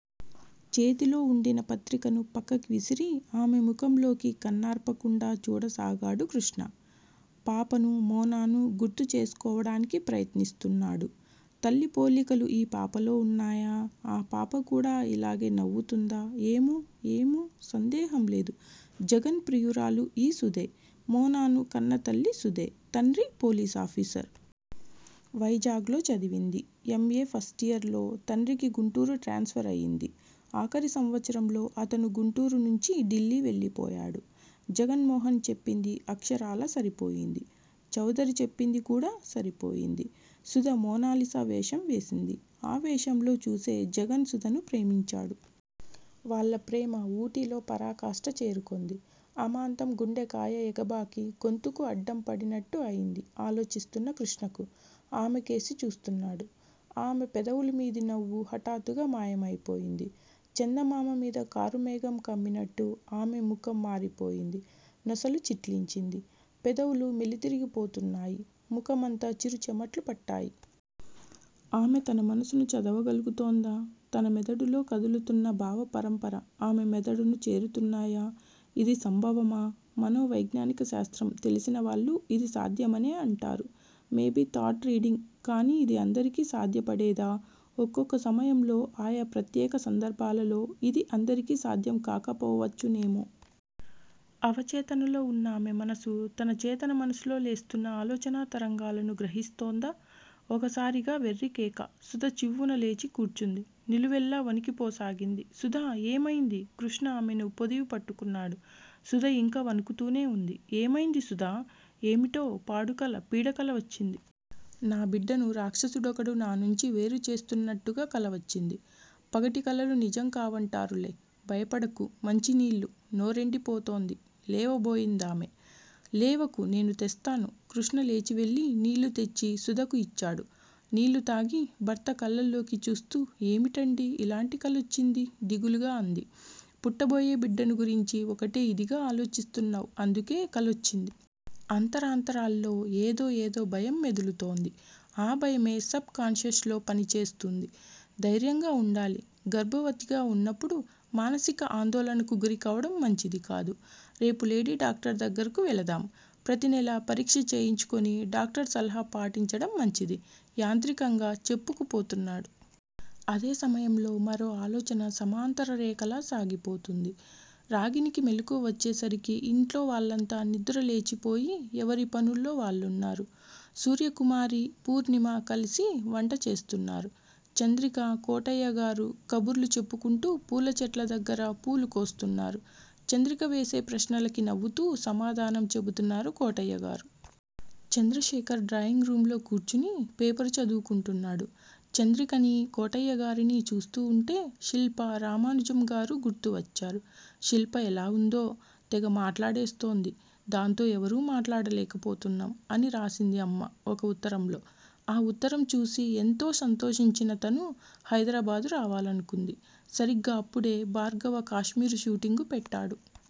చేతిలో వుండిన పత్రికను పక్కకు విసిరి ఆమె ముఖంలోకి కన్నార్పకుండా చూడసాగాడు కృష్ణ. పాపను__మోనాను గుర్తుచేసుకోవడానికి ప్రయత్నిస్తున్నాడు. తల్లి పోలికలు ఆ పాపలో ఉన్నాయా? ఆ పాపకూడా ఇలాగే నవ్వుతుందా! ఏమో? ఏమో? సందేహంలేదు, జగన్ ప్రియురాలు ఈ సుధే! మోనాను కన్నతల్లి సుధే! తండ్రి పోలీసాఫీసర్. వైజాగ్ లో చదివింది. M, A. ఫస్టియర్ లో తండ్రికి గుంటూరు ట్రాన్స్ఫరు అయింది. ఆఖరి సంవత్సరంలో అతను గుంటూరునుంచి ఢిల్లీ వెళ్ళిపోయాడు. జగన్మోహన్ చెప్పింది అక్షరాల సరిపోయింది. చౌదరి చెప్పిందికూడా సరిపోయింది. సుధ మోనాలిసా వేషం వేసింది. ఆ వేషంలో చూసే జగన్ సుధను ప్రేమించాడు. వాళ్ళ ప్రేమ ఊటీలో పరాకాష్ట చేరుకొంది__ అమాంతం గుండెకాయ ఎగబాకి గొంతుకు అడ్డంపడినట్టు ఐంది ఆలోచిస్తున్న కృష్ణకు. ఆమెకేసి చూస్తున్నాడు. ఆమె పెదవులమీది నవ్వు హఠాత్తుగా మాయం అయిపోయింది. చందమామమీద కారుమేఘం కమ్మినట్టు ఆమె ముఖం మారిపోయింది. నొసలు చిట్లించింది. పెదవులు మెలితిరిగిపోతున్నాయి. ముఖమంతా చిరు చెమట్లు పట్టాయి. ఆమె తన మనసును చదవగలుగుతోందా? తన మెదడులో కదులుతున్న భావపరంపర ఆమె మెదడును చేరుతున్నాయా? ఇది సంభవమా? మనోవైజ్ఞానిక శాస్త్రం తెలిసినవాళ్ళు ఇది సాధ్యమనే అంటారు. Maybe thought reading? కాని ఇది అందరికీ సాధ్యపడేదా? ఒక్కొక్క సమయంలో, ఆయా ప్రత్యేక సందర్బాలలో ఇది అందరికీ సాధ్యం కాకపోవచ్చునేమో! అవచేతనలో ఉన్న ఆమె మనసు, తన చేతన మనసులో లేస్తున్న ఆలోచనా తరంగాలను గ్రహిస్తోందా? ఒకసారిగా వెర్రికేక! సుధ చివ్వున లేచి కూర్చుంది. నిలువెల్లా వణికిపోసాగింది. సుధా! ఏమైంది? కృష్ణ ఆమెను పొదివిపట్టుకున్నాడు. సుధ ఇంకా వణుకుతూనే ఉంది. ఏమైంది సుధా? ఏమిటో పాడుకల పీడకల వచ్చింది. నా బిడ్డను రాక్షసుడొకడు నానుంచి వేరుచేస్తున్నట్టుగా కలవచ్చింది? పగటి కలలు నిజంకావంటారులే. భయపడకు. మంచినీళ్ళు! నోరెండిపోతోంది లేవబోయిందామె. లేవకు నేను తెస్తాను కృష్ణ లేచివెళ్ళి నీళ్ళు తెచ్చి సుధకు ఇచ్చాడు. నీళ్ళుతాగి భర్త కళ్ళల్లోకి చూస్తూ ఏమిటండీ ఇలాంటి కలొచ్చిందీ దిగులుగా అంది. పుట్టబోయే బిడ్డను గురించి ఒకటే ఇదిగా ఆలోచిస్తున్నావ్ అందుకే కలొచ్చింది. అంతరాంతరాల్లో ఏదో ఏదో భయం మెదులుతోంది. ఆ భయమే సబ్ కాన్ షస్ లో పనిచేస్తూంది. ధైర్యంగా వుండాలి. గర్భవత్య్గా ఉన్నప్పుడు మానసిక ఆందోళనకు గురికావడం మంచిదికాదు. రేపు లేడీ డాక్టర్ దగ్గిరకు వెళదాం. ప్రతినెలా పరీక్ష చేయించుకొని డాక్టర్ సలహా పాటించడం మంచిది యాంత్రికంగా చెప్పుకుపోతున్నాడు. అదే సమయంలో మరో ఆలోచన సమాంతర రేఖలా సాగిపోతూంది. రాగిణికి మెలుకువ వచ్చేసరికి ఇంట్లో వాళ్ళంతా నిద్దర లేచిపోయి, ఎవరి పనుల్లో వాళ్ళున్నారు. సూర్యకుమారీ పూర్ణిమా కలిసి వంట చేస్తున్నారు. చంద్రికా, కోటయ్యగారు కబుర్లు చెప్పుకుంటూ, పూలచెట్ల దగ్గర పూలుకోస్తున్నారు. చంద్రిక వేసే ప్రశ్నలకి నవ్వుతూ సమాధానం చెబుతున్నారు కోటయ్యగారు. చంద్రశేఖర్ డ్రాయింగ్ రూంలో కూర్చుని పేపరు చదువుకుంటున్నాడు. చంద్రికనీ, కోటయ్యగారినీ చూస్తూవుంటే శిల్పా, రామానుజంగారూ గుర్తువచ్చారు. శిల్ప ఎలావుందో? 'తెగ మాట్లాడేస్తోంది, దాంతో ఎవరూ మాట్లాడలేకపోతున్నాం' అని రాసింది అమ్మ ఒక ఉత్తరంలో. ఆ ఉత్తరంచూసి ఎంతో సంతోషించిన తను హైదరాబాదు రావాలనుకుంది. సరిగ్గా అప్పుడే భార్గవ కాశ్మీరు షూటింగు పెట్టాడు.